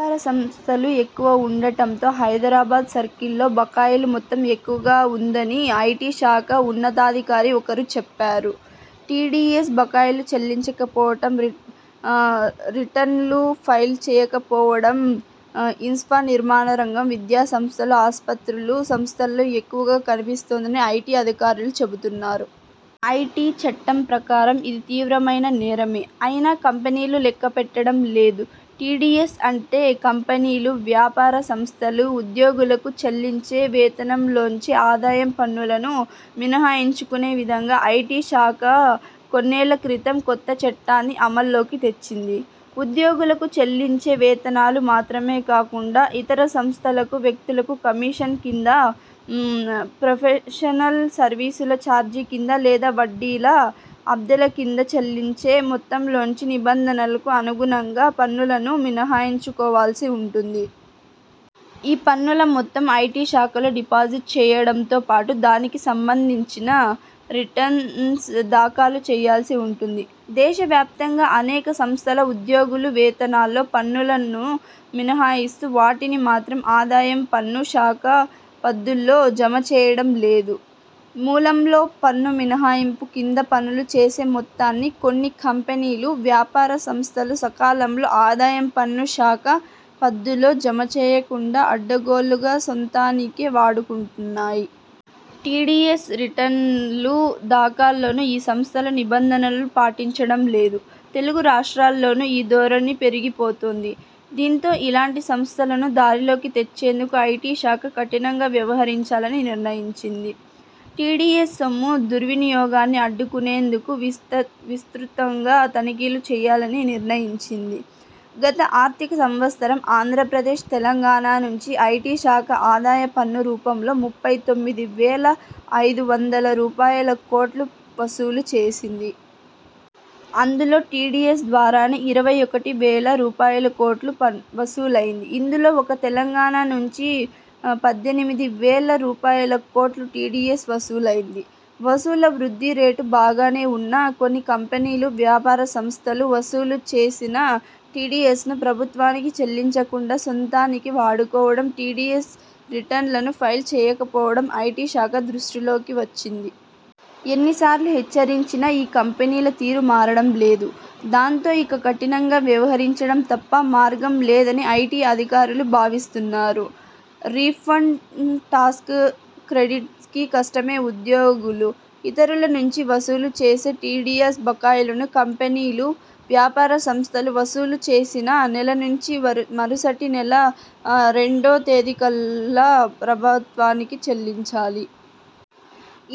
వ్యాపార సంస్థలు ఎక్కువగా ఉండడంతో హైదరాబాద్ సర్కిల్లో బకాయిల మొత్తం ఎక్కువగా ఉందని ఐటి శాఖ ఉన్నతాధికారి ఒకరు చెప్పారు. టిడిఎస్ బకాయిలు చెల్లించకపోవడం, రీటా రిటర్న్లు ఫైల్ చేయక పోవడం ఇన్ఫ్రా, నిర్మాణ రంగం, విద్యా సంస్థలు, ఆస్పత్రుల సంస్థల్లో ఎక్కువగా కనిపిస్తోందని ఐటి అధికారులు చెబుతున్నారు. ఐటి చట్టం ప్రకారం ఇది తీవ్రమైన నేరమే అయినా కంపెనీలు లెక్కపెట్టడం లేదు. టిడిఎస్ అంటే.. కంపెనీలు, వ్యాపార సంస్థలు ఉద్యోగులకు చెల్లించే వేతనంలోంచే ఆదాయం పన్నును మినహాయించుకునే విధంగా ఐటి శాఖ కొన్నేళ్ల క్రితం కొత్త చట్టాన్ని అమల్లోకి తెచ్చింది. ఉద్యోగులకు చెల్లించే వేతనాలు మాత్రమే కాకుండా ఇతర సంస్థలకు వ్యక్తులకు కమీషన్ కింద, ప్రొఫెషనల్ సర్వీసుల చార్జీ కింద లేదా వడ్డీలు, అద్దెల కింద చెల్లించే మొత్తంలోంచి నిబంధనలకు అనుగుణంగా పన్నులను మినహాయించుకోవాల్సి ఉంటుంది. ఈ పన్నుల మొత్తం ఐటి శాఖలో డిపాజిట్ చేయడంతో పాటు దానికి సంబంధించిన రిటర్న్స్ దాఖలు చేయాల్సి ఉంటుంది. దేశవ్యాప్తంగా అనేక సంస్థలు ఉద్యోగుల వేతనాల్లో పన్నులను మినహాయిస్తూ వాటిని మాత్రం ఆదాయం పన్ను శాఖ పద్దుల్లో జమచేయడం లేదు. మూలంలో పన్ను మినహాయింపు కింద వసూలు చేసే మొత్తాన్నీ కొన్ని కంపెనీలు, వ్యాపార సంస్థలు సకాలంలో ఆదాయం పన్ను శాఖ పద్దులో జమచేయకుండా అడ్డగోలుగా సొంతానికి వాడుకుంటున్నాయి. టిడిఎస్ రిటర్న్ల దాఖల్లోనూ ఈ సంస్థలు నిబంధనలను పాటించడంలేదు. తెలుగు రాష్ట్రాల్లోనూ ఈ ధోరణి పెరిగిపోతోంది. దీంతో ఇలాంటి సంస్థలను దారిలోకి తెచ్చేందుకు ఐటి శాఖ కఠినంగా వ్యవహరించాలని నిర్ణయించింది. టిడిఎస్ సొమ్ము దుర్వినియోగాన్ని అడ్డుకునేందుకు విస్తృతంగా తనిఖీలు చేయాలని నిర్ణయించింది. గత ఆర్థిక సంవత్సరం ఆంధ్రప్రదేశ్, తెలంగాణ నుంచి ఐటి శాఖ ఆదాయ పన్ను రూపం లో ముప్పై తొమ్మిది వేల ఐదు వందల రూపాయలుకోట్లు వసూలు చేసింది. అందు లో టిడిఎస్ ద్వారానే ఇరవై ఒకటి వేల రూపాయలుకోట్లు వసూలైంది. ఇందులో ఒక్క తెలంగాణ నుంచే పద్దెనిమిది వేల రూపాయలుకోట్ల టిడిఎస్ వసూలైంది. వసూళ్ల వృద్ధి రేటు బాగానే ఉన్నా కొన్ని కంపెనీలు, వ్యాపార సంస్థలు వసూలు చేసిన టిడిఎ్సను ప్రభుత్వానికి చెల్లించకుండా సొంతానికి వాడుకోవడం, టిడిఎస్ రిటర్న్లు ఫైల్ చేయకపోవడం ఐటి శాఖ దృష్టికి వచ్చింది. ఎన్నిసార్లు హెచ్చరించినా ఈ కంపెనీల తీరు మారడం లేదు. దాంతో ఇక కఠినంగా వ్యవహరించడం తప్ప మార్గం లేదని ఐటి అధికారులు భావిస్తున్నారు. రీఫండ్స్, టాక్స్ క్రెడిట్కీ కష్టమే ఉద్యోగులు, ఇతరుల నుంచి వసూలు చేసే టిడిఎస్ బకాయిలను కంపెనీలు, వ్యాపార సంస్థలు వసూలు చేసిన నెల నుంచి మరుసటి నెల ఏడో తేదీకల్లా ప్రభుత్వానికి చెల్లించాలి.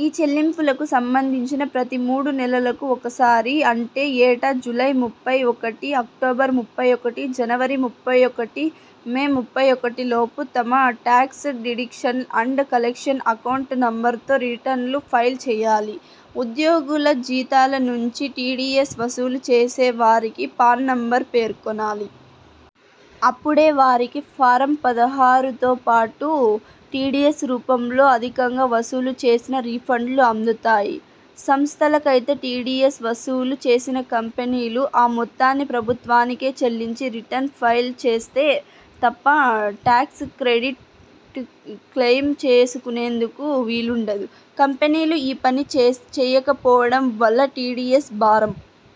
ఈ చెల్లింపులకు సంబంధించి ప్రతి మూడు నెలలకు ఒకసారి అంటే ఏటా జూలై ముప్పై ఒకటి, అక్టోబర్ ముప్పై ఒకటి, జనవరి ముప్పై ఒకటి, మే ముప్పై ఒకటిలోపు తమ tax deduction and collection account నంబర్తో రిటర్న్లు ఫైల్ చేయాలి. ఉద్యోగుల జీతాల నుంచి టిడిఎస్ వసూలు చేస్తే వారి పాన్ నంబరూ పేర్కొనాలి. అపుడే వారికి ఫారం-పదహారుతోపాటు టిడిఎస్ రూపంలో అధికంగా వసూలు చేసిన రిఫండ్లు అందుతాయి. సంస్థలకైతే టిడిఎస్ వసూ లు చేసిన కంపెనీలు ఆ మొత్తాన్ని ప్రభుత్వానికి చెల్లించి రిటర్న్ ఫైల్ చేస్తే తప్ప టాక్స్ క్రెడిట్ క్లెయిమ్ చేసుకునేందుకు వీలుండదు. 'కంపెనీలు ఈ పని చేయక పోవడం వల్ల టిడిఎస్ భారం